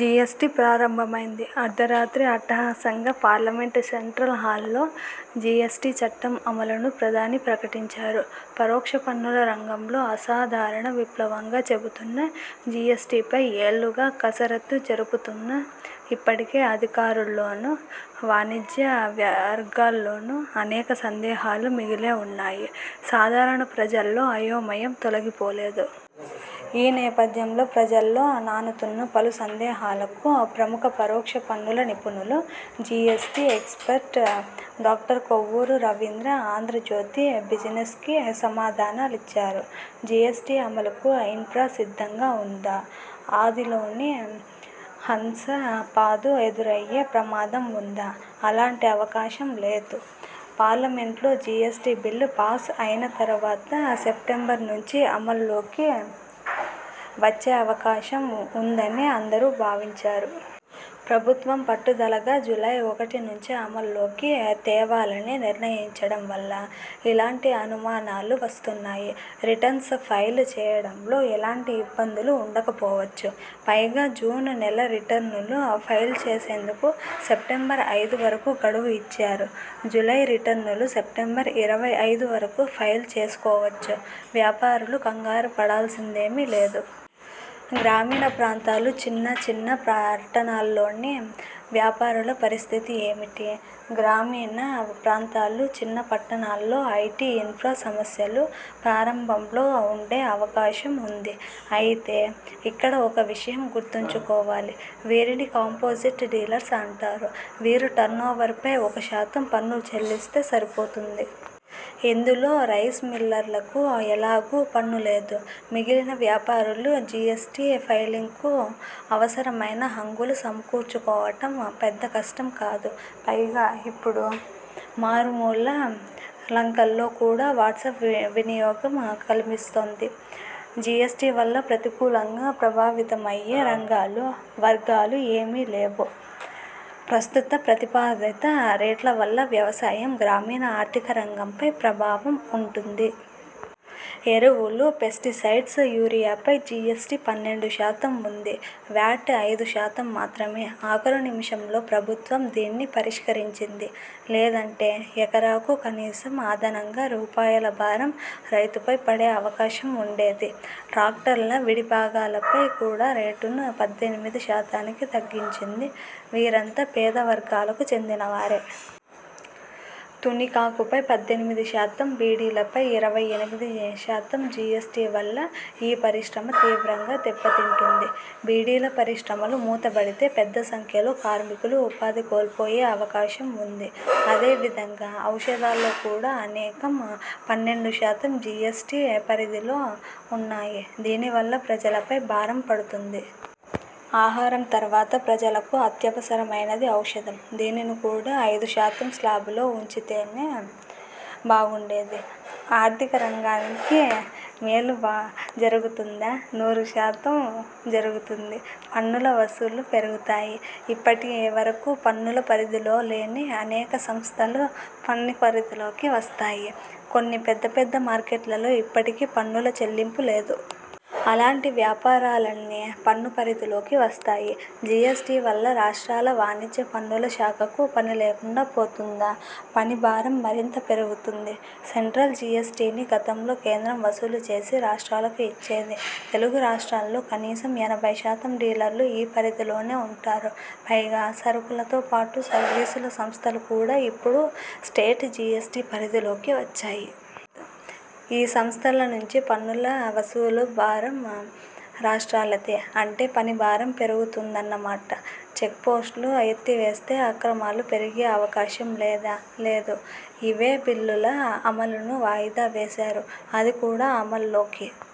GST ప్రారంభమైంది. అర్ధరాత్రి అట్టహాసంగా పార్లమెంట్ సెంట్రల్ హాల్లో జిఎస్టి చట్టం అమలును ప్రధాని ప్రకటించారు. పరోక్ష పన్నుల రంగంలో అసాధారణ విప్లవంగా చెబుతున్న జిఎస్టిపై ఏళ్లుగా కసరత్తు జరుగుతున్నా ఇప్పటికే అధికారుల్లోనూ, వాణిజ్యవ్యర్గాల్లోనూ అనేక సందేహాలు మిగిలే ఉన్నాయి. సాధారణ ప్రజల్లో ఆయోమయం తొలిగిపోలేదు. ఈ నేపథ్యంలో ప్రజల్లో నానుతున్న పలు సందేహాలకు ప్రముఖ పరోక్ష పన్నుల నిపుణులు, GST expert doctor Kovvuru Ravindra 'Andhrajyothi బిజినెస్'కి సమాధానాలిచ్చారు. జిఎస్టి అమలుకు ఇన్ఫ్రా సిద్ధంగా ఉందా? ఆదిలోనే హంసపాదు ఎదురయ్యే ప్రమాదం ఉందా? అలాంటి అవకాశం లేదు. పార్లమెంట్లో జిఎస్టి బిల్లు పాస్ ఆయిన తర్వాత సెప్టెంబర్ నుంచి అమల్లోకి వచ్చే అవకాశం ఉందనే అందరూ భావించారు. ప్రభుత్వం పట్టుదలగా జూలై ఒకటి నుంచే అమల్లోకి తేవాలని నిర్ణయించడం వల్ల ఇలాంటి అనుమానాలు వస్తున్నాయి. రిటర్న్స్ ఫైల్ చేయడంలో ఎలాంటి ఇబ్బందులు ఉండకపోవచ్చు. పైగా జూన్ నెల రిటర్నులు ఫైల్ చేసేందుకు సెప్టెంబర్ ఐదు వరకు గడువు ఇచ్చారు జూలై రిటర్నులు సెప్టెంబర్ ఇరవై ఐదు వరకు ఫైల్ చేసుకోవచ్చు వ్యాపారులు కంగారుపడాల్సిందేమీ లేదు. గ్రామీణప్రాంతాలు, చిన్న చిన్న పట్టణాల్లోని వ్యాపారుల పరిస్థితి ఏమిటీ? గ్రామీణ ప్రాంతాలు, చిన్న పట్టణాల్లో ఐటి ఇన్ఫ్రా సమస్యలు ప్రారంభంలో ఉండే అవకాశం ఉంది. అయితే ఇక్కడ ఒక్క విషయం గుర్తుంచుకోవాలి. వీరిని కాంపోజిట్ డీలర్స్ అంటారు. వీరు టర్నోవర్పై ఒక శాతం పన్ను చెల్లిస్తే సరిపోతుంది. ఇందులో రైస్ మిల్లర్లకు ఎలాగూ పన్ను లేదు. మిగిలిన వ్యాపారులు జిఎ్సటి ఫైలింగ్స్కు అవసరమైన హంగులు సమకూర్చుకోవడం పెద్దకష్టం కాదు. పైగా ఇప్పుడు మారుమూల లంకల్లో కూడా వాట్సప్ వినియోగం కనిపిస్తోంది. జిఎస్టి వల్ల ప్రతికూలంగా ప్రభావితమయ్యే రంగాలు, వర్గాలు ఏవీ లేవా? ప్రస్తుత ప్రతిపాదిత రేట్ల వల్ల వ్యవసాయం, గ్రామీణ ఆర్థిక రంగంపై ప్రభావం ఉంటుంది. ఎరువులు, పెస్టిసైడ్స్, యూరియాపై జిఎస్టి పన్నెండు శాతం ఉంది వ్యాట్ ఐదు శాతం మాత్రమే ఆఖరు నిమిషంలో ప్రభుత్వం దీన్ని పరిష్కరించింది. లేదంటే ఎకరాకు కనీసం అదనంగా రూపాయల భారం రైతుపై పడే అవకాశం ఉండేది. ట్రాక్టర్ల విడిభాగాలపై కూడా రేటును పద్దెనిమిది శాతానికి తగ్గించింది వీరంతా పేద వర్గాలకు చెందినవారే. తునికాకుపై పద్దెనిమిది శాతం, బీడీలపై ఇరవై ఎనిమిది శాతం జిఎస్టి వల్ల ఈ పరిశ్రమ తీవ్రంగా దెబ్బతింటుంది బీడీల పరిశ్రమలు మూతబడితే పెద్దసంఖ్యలో కార్మికులు ఉపాధి కోల్పోయే అవకాశం ఉంది. అదే విధంగా ఔషధాల్లో కూడా అనేకం పన్నెండు శాతం జిఎ్సటి పరిధిలో ఉన్నాయి దీనివల్ల ప్రజలపై భారం పడుతుంది. ఆహారం తర్వాత ప్రజలకు అత్యవసరమైనది ఔషధం. దీనిని కూడా ఐదు శాతం స్లాబులో ఉంచితేనే బాగుండేది ఆర్థిక రంగానికి మేలు బా జరుగుతుందా? నూరు శాతం జరుగుతుంది. పన్నుల వసూళ్లు పెరుగుతాయి. ఇప్పటి వరకు పన్నుల పరిధిలో లేని అనేక సంస్థలు పన్ను పరిధిలోకి వస్తాయి. కొన్ని పెద్ద పెద్ద మార్కెట్లలో ఇప్పటికీ పన్నుల చెల్లింపు లేదు. అలాంటి వ్యాపారాలన్నీ పన్ను పరిధిలోకి వస్తాయి. జిఎస్టి వల్ల రాష్ట్రాల వాణిజ్య పన్నుల శాఖకు పనిలేకుండా పోతుందా? పనిభారం మరింత పెరుగుతుంది. సెంట్రల్ జిఎస్టిని గతంలో కేంద్రం వసూలు చేసి రాష్ట్రాలకు ఇచ్చేది. తెలుగు రాష్ట్రాల్లో కనీసం ఎనభై శాతం డీలర్లు ఈ పరిధిలోనే ఉంటారు పైగా సరుకులతోపాటు సర్వీసుల సంస్థలు కూడా ఇప్పుడు స్టేట్ జిఎస్టి పరిధిలోకి వచ్చాయి. ఈ సంస్థల నుంచి పన్నుల వసూలు భారం రాష్ట్రాలదే. అంటే పని భారం పెరుగుతుందన్నమాట. చెక్పోస్ట్లు ఎత్తివేస్తే అక్రమాలు పెరిగే అవకాశం లేదా? లేదు. ఇ వే బిల్లుల అమలును వాయిదా వేశారు. అది కూడా అమల్లోకి